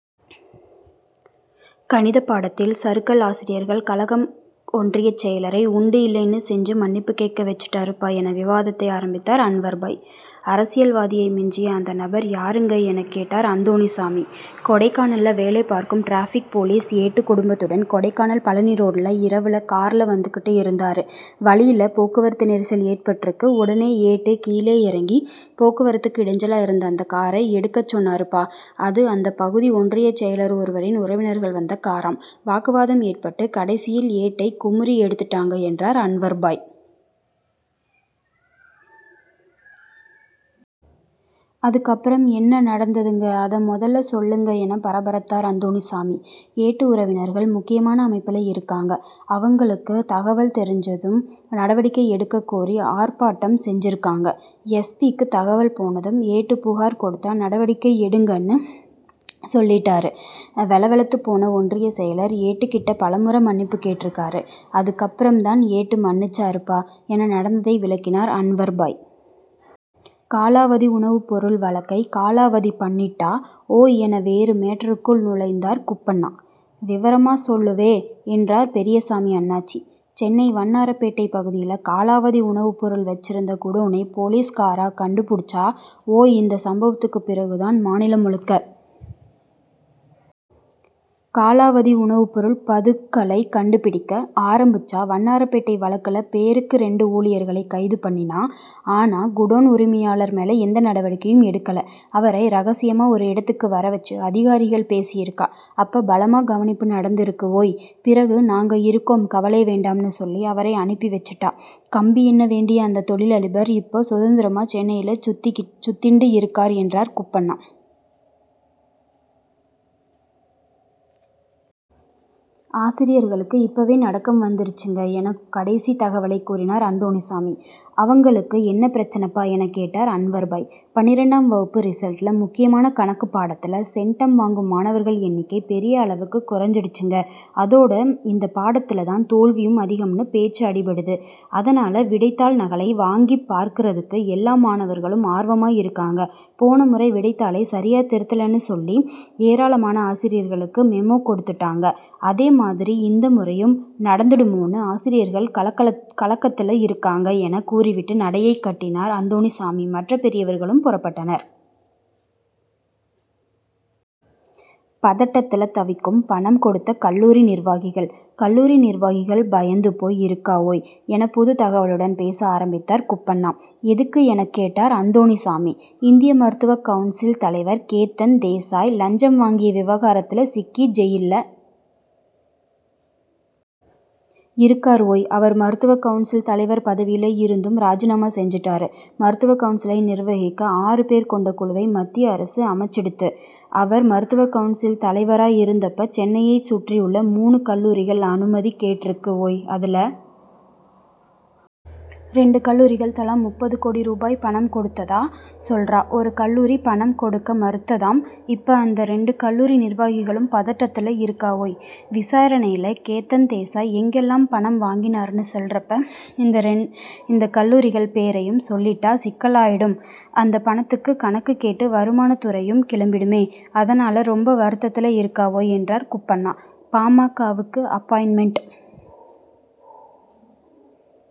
கணிதப் பாடத்தில் சறுக்கல் ஆசிரியர்கள் கலக்கம் ஒன்றியச் செயலரை உண்டு இல்லைன்னு செஞ்சு மன்னிப்பு கேட்க வச்சிட்டாரு பா என விவாதத்தை ஆரம்பித்தார் அன்வர்பாய். அரசியல்வாதியை மிஞ்சிய அந்த நபர் யாருங்க எனக் கேட்டார் அந்தோணிசாமி. கொடைக்கானல்ல வேலை பார்க்கும் டிராபிக் போலீஸ் ஏட்டு குடும்பத்துடன் கொடைக்கானல் பழனி ரோடுல இரவுல கார்ல வந்துகிட்டு இருந்தாரு வழியில போக்குவரத்து நெரிசல் ஏற்பட்டுருக்கு உடனே ஏட்டு கீழே இறங்கி போக்குவரத்துக்கு இடைஞ்சலா இருந்த காரை எடுக்கச் சொன்னாரு பா அது அந்தப் பகுதி ஒன்றியச் செயலர் ஒருவரின் உறவினர்கள் வந்த காராம் வாக்குவாதம் ஏற்பட்டு கடைசியில ஏட்டை குமுறி எடுத்துட்டாங்க என்றார் அன்வர்பாய். அதுக்கப்பறம் என்ன நடந்ததுங்க அதை முதல்ல சொல்லுங்க என பரபரத்தார் அந்தோணிசாமி. ஏட்டு உறவினர்கள் முக்கியமான அமைப்புல இருக்காங்க அவங்களுக்கு தகவல் தெரிஞ்சதும் நடவடிக்கை எடுக்கக் கோரி ஆர்ப்பாட்டம் செஞ்சிருக்காங்க எஸ். பி.க்கு தகவல் போனதும் ஏட்டு புகார் கொடுத்தா நடவடிக்கை எடுங்கன்னு சொல்லிட்டாரு வெல வெலத்துப்போன ஒன்றியச் செயலர் ஏட்டுகிட்ட பலமுறை மன்னிப்பு கேட்டுருக்காரு அதுக்கப்பறம் தான் ஏட்டு மன்னிச்சாரு பா என நடந்ததை விளக்கினார் அன்வர்பாய். காலாவதி உணவுப்பொருள் வழக்கை காலாவதி பண்ணிட்டா ஓய் என வேறு மேட்டருக்குள் நுழைந்தார் குப்பண்ணா. விவரமா சொல்லு வே என்றார் பெரியசாமி அண்ணாச்சி. சென்னை வண்ணாரப்பேட்டை பகுதியில காலாவதி உணவுப்பொருள் வைச்சிருந்த குடோனை போலீஸ்காரா கண்டுபிடிச்சா ஓய் இந்த சம்பவத்துக்கு பிறகு தான் மாநிலம் முழுக்க காலாவதி உணவுப்பொருள் பதுக்கலை கண்டுபிடிக்க ஆரம்பிச்சா வண்ணாரப்பேட்டை வழக்குல பேருக்கு ரெண்டு ஊழியர்களை கைது பண்ணினா ஆனா குடோன் உரிமையாளர் மேல எந்த நடவடிக்கையும் எடுக்கலை அவரை ரகசியமா ஒரு இடத்துக்கு வரவைச்சு அதிகாரிகள் பேசியிருக்கா அப்ப பலமா கவனிப்பு நடந்திருக்கு ஓய் பிறகு நாங்க இருக்கோம் கவலை வேண்டாம்னு சொல்லி அவரை அனுப்பி வைச்சிட்டா கம்பி எண்ண வேண்டிய அந்த தொழிலதிபர் இப்ப சுதந்திரமா சென்னையில சுத்திண்டு இருக்கார் என்றார் குப்பண்ணா. ஆசிரியர்களுக்கு இப்பவே நடுக்கம் வந்துருச்சுங்க என கடைசி தகவலை கூறினார் அந்தோணிசாமி. அவங்களுக்கு என்ன பிரச்னை பா எனக் கேட்டார் அன்வர்பாய். பனிரெண்டாம் வகுப்பு ரிசல்ட்ல முக்கியமான கணக்குப் பாடத்துல சென்டம் வாங்கும் மாணவர்கள் எண்ணிக்கை பெரிய அளவுக்கு குறைஞ்சிடுச்சுங்க அதோட இந்தப் பாடத்துல தான் தோல்வியும் அதிகம்னு பேச்சு அடிபடுது அதனால விடைத்தாள் நகலை வாங்கிப் பார்க்கறதுக்கு எல்லா மாணவர்களும் ஆர்வமா இருக்காங்க போன முறை விடைத்தாளை சரியா திருத்தலைன்னு சொல்லி ஏராளமான ஆசிரியர்களுக்கு மெமோ கொடுத்தாங்க அதேமாதிரி இந்த முறையும் நடந்துடுமோன்னு ஆசிரியர்கள் கலக்கத்துல இருக்காங்க என கூறிவிட்டு நடையைக் கட்டினார் அந்தோணிசாமி மற்ற பெரியவர்களும் புறப்பட்டனர். பதட்டத்தில் தவிக்கும் பணம் கொடுத்த கல்லூரி நிர்வாகிகள் கல்லூரி நிர்வாகிகள் பயந்து போய் இருக்கா ஓய் என புது தகவலுடன் பேச ஆரம்பித்தார் குப்பண்ணா. எதுக்கு எனக் கேட்டார் அந்தோணிசாமி. இந்திய மருத்துவக் கவுன்சில் தலைவர் கேதன் தேசாய் லஞ்சம் வாங்கிய விவகாரத்துல சிக்கி ஜெயில்ல இருக்கார் ஓய் அவர் மருத்துவக் கவுன்சில் தலைவர் பதவியில இருந்தும் ராஜினாமா செஞ்சுட்டாரு மருத்துவக் கவுன்சிலை நிர்வகிக்க ஆறு பேர் கொண்ட குழுவை மத்திய அரசு அமைச்சிடுத்து அவர் மருத்துவக் கவுன்சில் தலைவரா இருந்தப்ப சென்னையைச் சுற்றியுள்ள மூணு கல்லூரிகள் அனுமதி கேட்டிருக்கு ஓய் அதுல ரெண்டு கல்லூரிகள் தலா முப்பது கோடி ரூபாய் பணம் கொடுத்ததா சொல்றா ஒரு கல்லூரி பணம் கொடுக்க மறுத்துடுத்தாம் இப்ப அந்த ரெண்டு கல்லூரி நிர்வாகிகளும் பதட்டத்துல இருக்கா ஓய் விசாரணையில கேதன் தேசாய் எங்கெல்லாம் பணம் வாங்கினார்னு சொல்றப்ப இந்த கல்லூரிகள் பேரையும் சொல்லிட்டா சிக்கலாயிடும் அந்தப் பணத்துக்கு கணக்கு கேட்டு வருமானத் துறையும் கிளம்பிடுமே அதனால ரொம்ப வருத்தத்துல இருக்கா ஓய் என்றார் குப்பண்ணா. பா. ம. க.வுக்கு அப்பாயின்மென்ட்